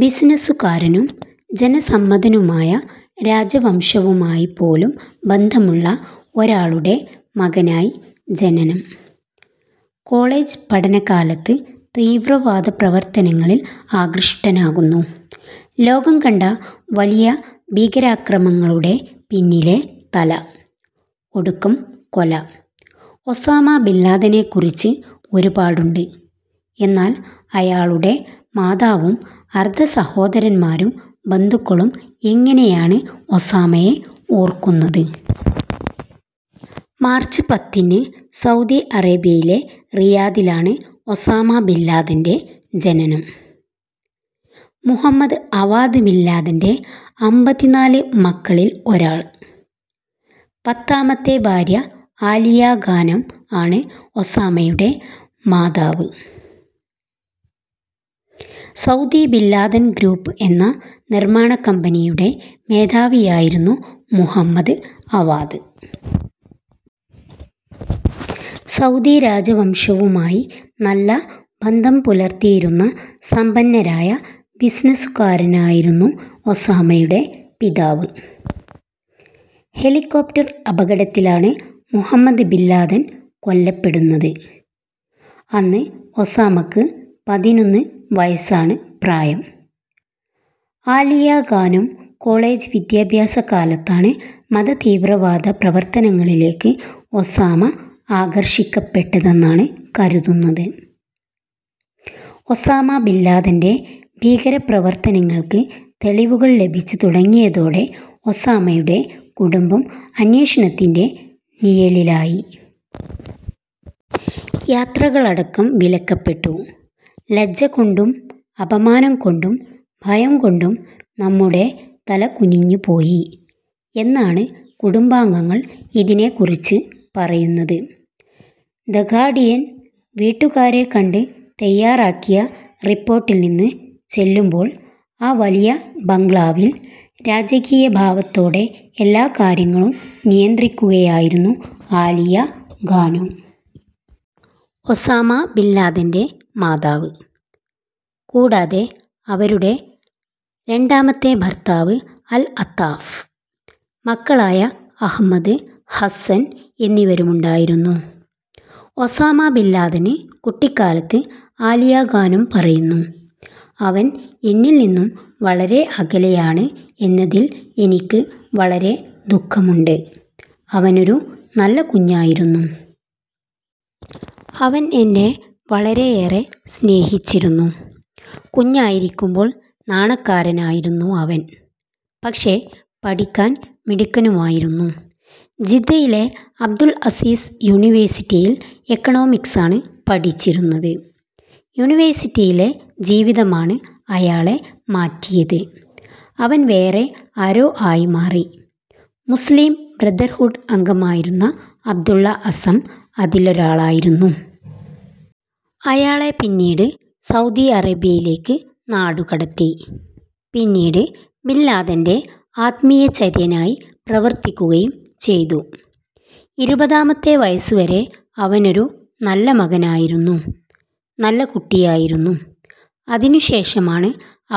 ബിസിനസുകാരനും ജനസമ്മതനുമായ, രാജവംശവുമായിപ്പോലും ബന്ധമുള്ള ഒരാളുടെ മകനായി ജനനം. കോളേജ് പഠന കാലത്ത് തീവ്രവാദ പ്രവർത്തനങ്ങളിൽ ആകൃഷ്ടനാകുന്നു. ലോകം കണ്ട വലിയ ഭീകരാക്രമണങ്ങളുടെ പിന്നിലെ തല. ഒടുക്കം കൊല. ഒസാമ ബിൻ ലാദനെ കുറിച്ച് ഒരുപാടുണ്ട്. എന്നാൽ അയാളുടെ മാതാവും, അർദ്ധ സഹോദരന്മാരും, ബന്ധുക്കളും എങ്ങനെയാണ് ഒസാമയെ ഓർക്കുന്നത്. മാർച്ച് പത്തിന് സൗദി അറേബ്യയിലെ റിയാദിലാണ് ഒസാമ ബിൻലാദന്റെ ജനനം. മുഹമ്മദ് അവാദ് ബിൻ ലാദന്റെ അമ്പതിനാല് മക്കളിൽ ഒരാള്. പത്താമത്തെ ഭാര്യ ആലിയ ഗാനെം ആണ് ഒസാമയുടെ മാതാവ്. ' സൗദി ബിൻ ലാദൻ ഗ്രൂപ്പ് ' എന്ന നിർമ്മാണ കമ്പനിയുടെ മേധാവിയായിരുന്നു മുഹമ്മദ് അവാദ്. സൗദി രാജവംശവുമായി നല്ല ബന്ധം പുലർത്തിയിരുന്ന സമ്പന്നനായ ബിസിനസ്സുകാരനായിരുന്ന ഒസാമയുടെ പിതാവ്. ഹെലികോപ്റ്റർ അപകടത്തിലാണ് മുഹമ്മദ് ബിൻ ലാദൻ കൊല്ലപ്പെടുന്നത്. അന്ന് ഒസാമയ്ക്ക് പതിനൊന്ന് വയസാണ് പ്രായം. ആലിയ ഗാനെം കോളേജ് വിദ്യാഭ്യാസ കാലത്താണ് മതതീവ്രവാദ പ്രവർത്തനങ്ങളിലേക്ക് ഒസാമ ആകർഷിക്കപ്പെട്ടതെന്നാണ് കരുതുന്നത്. ഒസാമ ബിൻ ലാദന്റെ ഭീകരപ്രവര്ത്തനങ്ങൾക്ക് തെളിവുകൾ ലഭിച്ചു തുടങ്ങിയതോടെ ഒസാമയുടെ കുടുംബം അന്വേഷണത്തിന്റെ നിഴലിലായി. യാത്രകളടക്കം വിലക്കപ്പെട്ടു. ' ലജ്ജ കൊണ്ടും അപമാനം കൊണ്ടും ഭയം കൊണ്ടും നമ്മുടെ തല കുനിഞ്ഞുപോയി ' എന്നാണ് കുടുംബാംഗങ്ങൾ ഇതിനെക്കുറിച്ച് പറയുന്നത്. ' ദ ഗാർഡിയൻ ' വീട്ടുകാരെ കണ്ട് തയ്യാറാക്കിയ റിപ്പോർട്ടിൽ നിന്ന്. ചെല്ലുമ്പോൾ, ആ വലിയ ബംഗ്ലാവിൽ രാജകീയ ഭാവത്തോടെ എല്ലാ കാര്യങ്ങളും നിയന്ത്രിക്കുകയായിരുന്നു ആലിയ ഗാനെം. ഒസാമ ബിൻ ലാദന്റെ മാതാവ്. കൂടാതെ അവരുടെ രണ്ടാമത്തെ ഭർത്താവ് അൽ -അത്താഫ്, മക്കളായ അഹമ്മദ്, ഹസ്സൻ എന്നിവരുമുണ്ടായിരുന്നു. ഒസാമ ബിന് ലാദൻ കുട്ടിക്കാലത്ത് ആലിയ ഗാനെം പറയുന്നു, '' അവൻ എന്നിൽ നിന്നും വളരെ അകലെയാണ് എന്നതിൽ എനിക്ക് വളരെ ദുഖമുണ്ട്. അവനൊരു നല്ല കുഞ്ഞായിരുന്നു. അവൻ എന്നെ വളരെയേറെ സ്നേഹിച്ചിരുന്നു. കുഞ്ഞായിരിക്കുമ്പോൾ നാണക്കാരനായിരുന്നു അവൻ. പക്ഷെ, പഠിക്കാൻ മിടുക്കനുമായിരുന്നു. ജിദ്ദയിലെ അബ്ദുള് അസീസ് യൂണിവേഴ്സിറ്റിയിൽ എക്കണോമിക്സാണ് പഠിച്ചിരുന്നത്. യൂണിവേഴ്സിറ്റിയിലെ ജീവിതമാണ് അയാളെ മാറ്റിയത്. അവൻ വേറെ ആരോ ആയി മാറി. '' മുസ്ലിം ബ്രദർഹുഡ് അംഗമായിരുന്ന അബ്ദുല്ല അസ്സം അതിലൊരാളായിരുന്നു. അയാളെ പിന്നീട് സൗദി അറേബ്യയിലേക്ക് നാടുകടത്തി. പിന്നീട് ബിൻ ലാദന്റെ ആത്മീയാചാര്യനായി പ്രവർത്തിക്കുകയും ചെയ്തു. '' ഇരുപതാമത്തെ വയസുവരെ അവനൊരു നല്ല മകനായിരുന്നു. നല്ല കുട്ടിയായിരുന്നു. അതിനു ശേഷമാണ്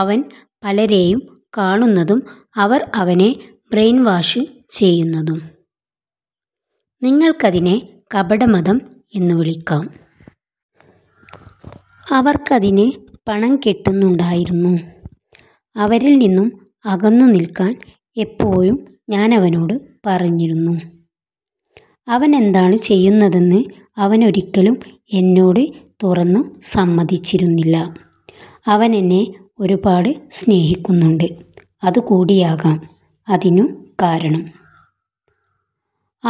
അവൻ പലരേയും കാണുന്നതും അവർ അവനെ ബ്രെയിൻ വാഷ് ചെയ്യുന്നതും. നിങ്ങൾക്കതിനെ കപടമതം എന്നു വിളിക്കാം. അവർക്കതിന് പണം കിട്ടുന്നുണ്ടായിരുന്നു. അവരിൽ നിന്നും അകന്നുനിൾക്കാൻ എപ്പോഴും ഞാനവനോട് പറഞ്ഞിരുന്നു. അവനെന്താണ് ചെയ്യുന്നതെന്ന് അവനൊരിക്കലും എന്നോട് തുറന്നു സമ്മതിച്ചിരുന്നില്ല. അവനെന്നെ ഒരുപാട് സ്നേഹിക്കുന്നുണ്ട്. അതുകൂടിയാകാം അതിനു കാരണം.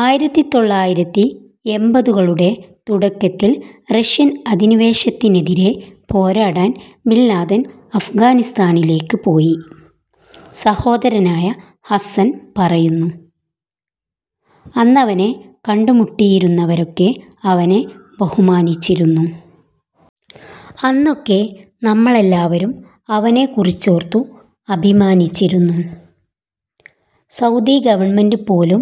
ആയിരത്തിതൊള്ളായിരത്തിഎമ്പതുകളുടെ തുടക്കത്തിൽ റഷ്യൻ അധിനിവേശത്തിനെതിരെ പോരാടാൻ ബിൻലാദൻ അഫ്ഗാനിസ്ഥാനിലേക്ക് പോയി. സഹോദരനായ ഹസ്സന് പറയുന്നു. '' അന്നവനെ കണ്ടുമുട്ടിയിരുന്നവരൊക്കെ അവനെ ബഹുമാനിച്ചിരുന്നു. അന്നൊക്കെ നമ്മളെല്ലാവരും അവനെക്കുറിച്ചോർത്തു അഭിമാനിച്ചിരുന്നു. സൗദി ഗവണ്മെന്റ് പോലും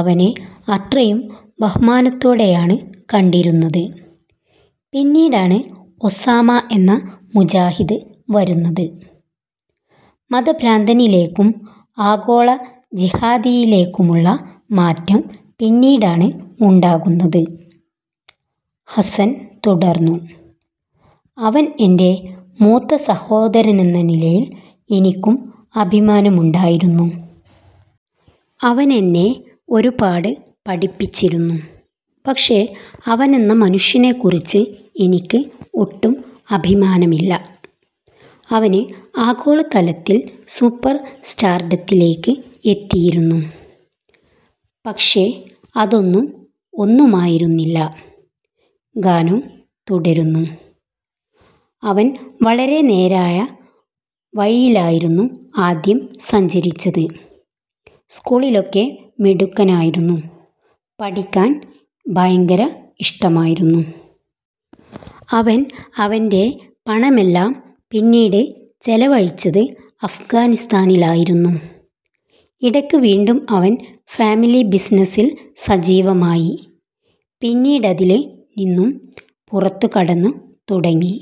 അവനെ അത്രയും ബഹുമാനത്തോടെയാണ് കണ്ടിരുന്നത്. പിന്നീടാണ് ഒസാമ എന്ന മുജാഹിദ് വരുന്നത്. '' മതഭ്രാന്തനിലേക്കും ആഗോള ജിഹാദിയിലേക്കുമുള്ള മാറ്റം പിന്നീടാണ് ഉണ്ടാകുന്നത്. ഹസ്സൻ തുടർന്നു. '' അവൻ എന്റെ മൂത്ത സഹോദരനെന്ന നിലയിൽ എനിക്കും അഭിമാനമുണ്ടായിരുന്നു. അവനെന്നെ ഒരുപാട് പഠിപ്പിച്ചിരുന്നു. പക്ഷെ, അവനെന്ന മനുഷ്യനെ കുറിച്ച് എനിക്ക് ഒട്ടും അഭിമാനമില്ല. അവന് ആഗോളതലത്തിൽ സൂപ്പർ സ്റ്റാർഡത്തിലേക്ക് എത്തിയിരുന്നു. പക്ഷെ, അതൊന്നും ഒന്നുമായിരുന്നില്ല. '' ഗാനെം തുടരുന്നു. '' അവൻ വളരെ നേരായ വഴിയിലായിരുന്നു ആദ്യം സഞ്ചരിച്ചത്. സ്കൂളിലൊക്കെ മിടുക്കനായിരുന്നു. പഠിക്കാൻ ഭയങ്കര ഇഷ്ടമായിരുന്നു. അവൻ അവന്റെ പണമെല്ലാം പിന്നീട് ചെലവഴിച്ചത് അഫ്ഗാനിസ്ഥാനിലായിരുന്നു. ഇയട്ക്ക് വീണ്ടും അവൻ ഫാമിലി ബിസിനസിൽ സജീവമായി. പിന്നീടതില് നിന്നും പുറത്തുകടന്നു തുടങ്ങി.